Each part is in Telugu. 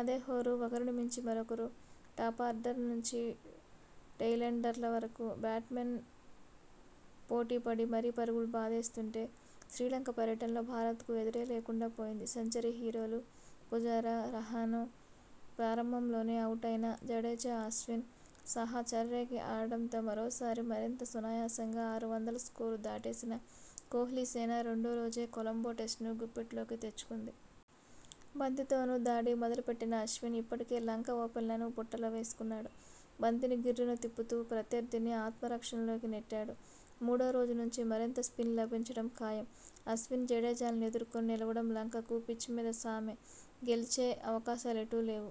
అదే హోరు..! ఒకరినిమించి మరొకరు టాపార్డర్ నుంచి టెయింలెండర్ల వరకూ బ్యాట్మెన్ పోటీ పడి మరీ పరుగులు బాదేస్తుంటే.. శ్రీలంక పర్యటనలో భారత్ కు ఎదురేలేకుండా పోయింది..! సెంచరీ హీరోలు పుజారా, రహాను ఆరంభంలోనేఅవుటైనా జడేజా, అశ్విన్, సాహా చెలరేగి ఆడడంతో మరోసారి మరింత సునాయాసంగా ఆరు వందల స్కోరు దాటేసిన కోహ్లీ సేన రెండో రోజే కొలంబో టెస్టును గుప్పిట్లోకి తెచ్చుకుంది..! బంతితోనూ దాడి మొదలు పెట్టిన అశ్విన్ ఇప్పటికే లంక ఓపెనర్లను బుట్టలో వేసుకున్నాడు..! బంతిని గిర్రున తిప్పుతూ ప్రత్యర్థిని ఆత్మరక్షణలోకి నెట్టాడు..! మూడో రోజు నుంచి మరింత స్పిన్ లభించడం ఖాయం..! అశ్విన్, జడేజాలను ఎదుర్కొని నిలవడం లంక కు 'పిచ్'మీద సామే..! గెలిచే అవకాశాలెటూ లేవు..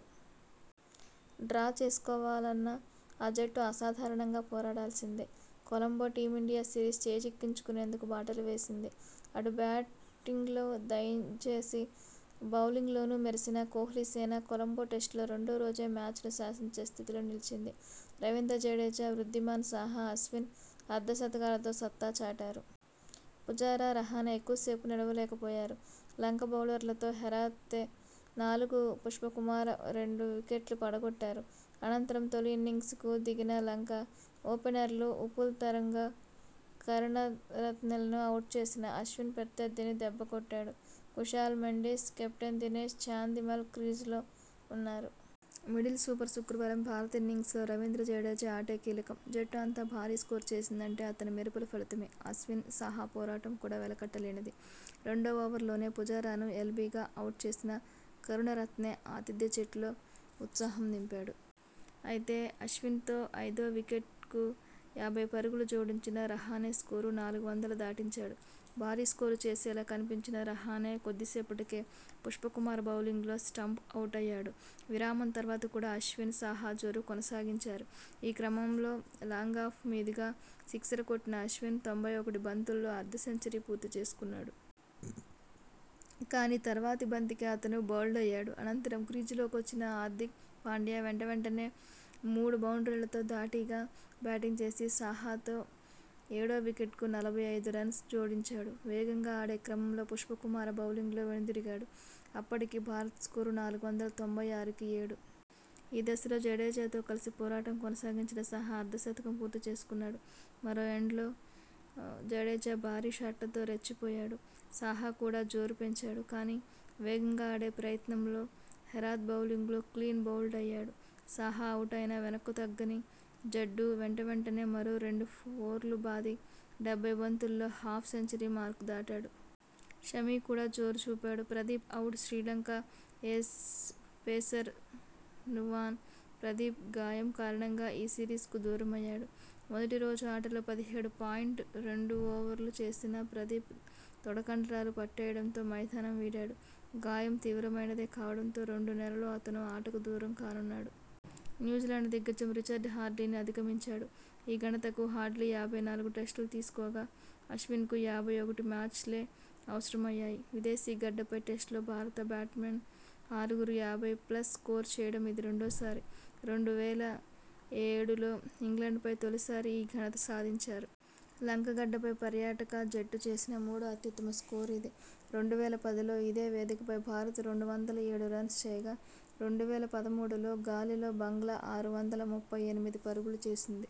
డ్రా చేసుకోవాలన్నా ఆ జట్టు అసాధారణంగా పోరాడిల్సిందే..! కొలంబో టీమిండియా సిరీస్ చేజిక్కించుకునేందుకు బాటలు వేసింది. అటు బ్యాటింగ్లో దంచేసి బౌలింగ్లోనూ మెరిసిన కోహ్లీసేన కొలంబో టెస్టులో రెండో రోజే మ్యాచ్ను శాసించే స్థితిలో నిలిచింది. రవీంద్ర జడేజా, వృద్ధిమాన్ సాహా, అశ్విన్ అర్ధ శతకాలతో సత్తా చాటారు. పుజారా, రహానె ఎక్కువసేపు నిలువలేకపోయారు. లంక బౌలర్లలో హెరాత్ నాలుగు, పుష్పకుమార రెండు వికెట్లు పడగొట్టారు. అనంతరం తొలి ఇన్నింగ్స్ కు దిగిన లంక.. ఓపెనర్లు ఉపుల్ తరంగ, కరుణ రత్నె లను అవుట్ చేసిన అశ్విన్ ప్రత్యర్థిని దెబ్బకొట్టాడు. కుశాల్ మెండిస్, కెప్టెన్ దినేశ్ చాందిమల్ క్రీజులో ఉన్నారు. మిడిల్ సూపర్ శుక్రవారం భారత్ ఇన్నింగ్స్ లో రవీంద్ర జడేజా ఆటే కీలకం. జట్టు అంత భారీ స్కోరు చేసిందంటే అతని మెరుపుల ఫలితమే. అశ్విన్, సాహా పోరాటం కూడా వెలకట్టలేనిది. రెండో ఓవర్లోనే పుజారాను ఎల్బీగా అవుట్ చేసిన కరుణరత్నె ఆతిథ్య జట్టులో ఉత్సాహం నింపాడు. అయితే, అశ్విన్తో ఐదో వికెట్కు యాభై పరుగులు జోడించిన రహానె స్కోరు నాలుగు వందల దాటించాడు. భారీస్కోరు చేసేలా కనిపించిన రహానె కొద్దిసేపటికే పుష్పకుమార బౌలింగ్లో స్టంప్ ఔటయ్యాడు. విరామం తర్వాత కూడా అశ్విన్, సాహా జోరు కొనసాగించారు. ఈ క్రమంలో లాంగాఫ్ మీదుగా సిక్సర్ కొట్టిన అశ్విన్ తొంభై ఒకటి బంతుల్లో అర్ధ సెంచరీ పూర్తి చేసుకున్నాడు. కానీ, తర్వాతి బంతికే అతను బౌల్డ్ అయ్యాడు. అనంతరం క్రీజులోకొచ్చిన హార్దిక్ పాండ్యా వెంటవెంటనే మూడు బౌండ్రీలతో ధాటిగా బ్యాటింగ్ చేసి సాహాతో ఏడో వికెట్కు నలభై ఐదు రన్స్ జోడించాడు. వేగంగా ఆడే క్రమంలో పుష్పకుమార బౌలింగ్లో వెనుదిరిగాడు. అప్పటికి భారత్ స్కోరు నాలుగు వందల తొంభై ఆరు కి ఏడు. ఈ దశలో జడేజాతో కలిసి పోరాటం కొనసాగించిన సాహా అర్ధ శతకం పూర్తి చేసుకున్నాడు. మరో ఎండ్లో జడేజా భారీ షాట్లతో రెచ్చిపోయాడు. సాహా కూడా జోరు పెంచాడు. కానీ, వేగంగా ఆడే ప్రయత్నంలో హెరాత్ బౌలింగ్లో క్లీన్ బౌల్డ్ అయ్యాడు. సాహా అవుటైనా వెనక్కుతగ్గని జడ్డూ వెంటవెంటనే మరో రెండు ఫోర్లు బాది డెబ్బై బంతుల్లో హాఫ్ సెంచరీ మార్కు దాటాడు. షమి కూడా జోరు చూపాడు. ప్రదీప్ అవుట్ శ్రీలంక ఏస్ పేసర్ నువాన్ ప్రదీప్ గాయం కారణంగా ఈ సిరీస్కు దూరమయ్యాడు. మొదటిరోజు ఆటలో పదిహేడు పాయింట్ రెండు ఓవర్లు వేసిన ప్రదీప్ తొడకండరాలు పట్టేయడంతో మైదానం వీడాడు. గాయం తీవ్రమైనదే కావడంతో రెండు నెలలు అతను ఆటకు దూరం కానున్నాడు. న్యూజిలాండ్ దిగ్గజం రిచర్డ్ హాడ్లీని అధిగమించాడు. ఈ ఘనతకు హాడ్లీ యాభై నాలుగు టెస్టులు తీసుకోగా.. అశ్విన్కు యాభై ఒకటి మ్యాచ్లే అవసరం అయ్యాయి. విదేశీ గడ్డపై టెస్టులో భారత బ్యాట్స్మెన్ ఆరుగురు యాభై ప్లస్ స్కోరు చేయడం ఇది రెండోసారి. రెండు వేల ఏడులో ఇంగ్లండ్ పై తొలిసారి ఈ ఘనత సాధించారు. లంక గడ్డపై పర్యాటక జట్టు చేసిన మూడో అత్యుత్తమ స్కోరు ఇది. రెండు వేల పదిలో ఇదే వేదికపై భారత్ ఏడు వందల ఏడు రన్స్ చేయగా.. రెండు వేల పదమూడులో గాలెలో బంగ్లా ఆరు వందల ముప్పై ఎనిమిది పరుగులు చేసింది.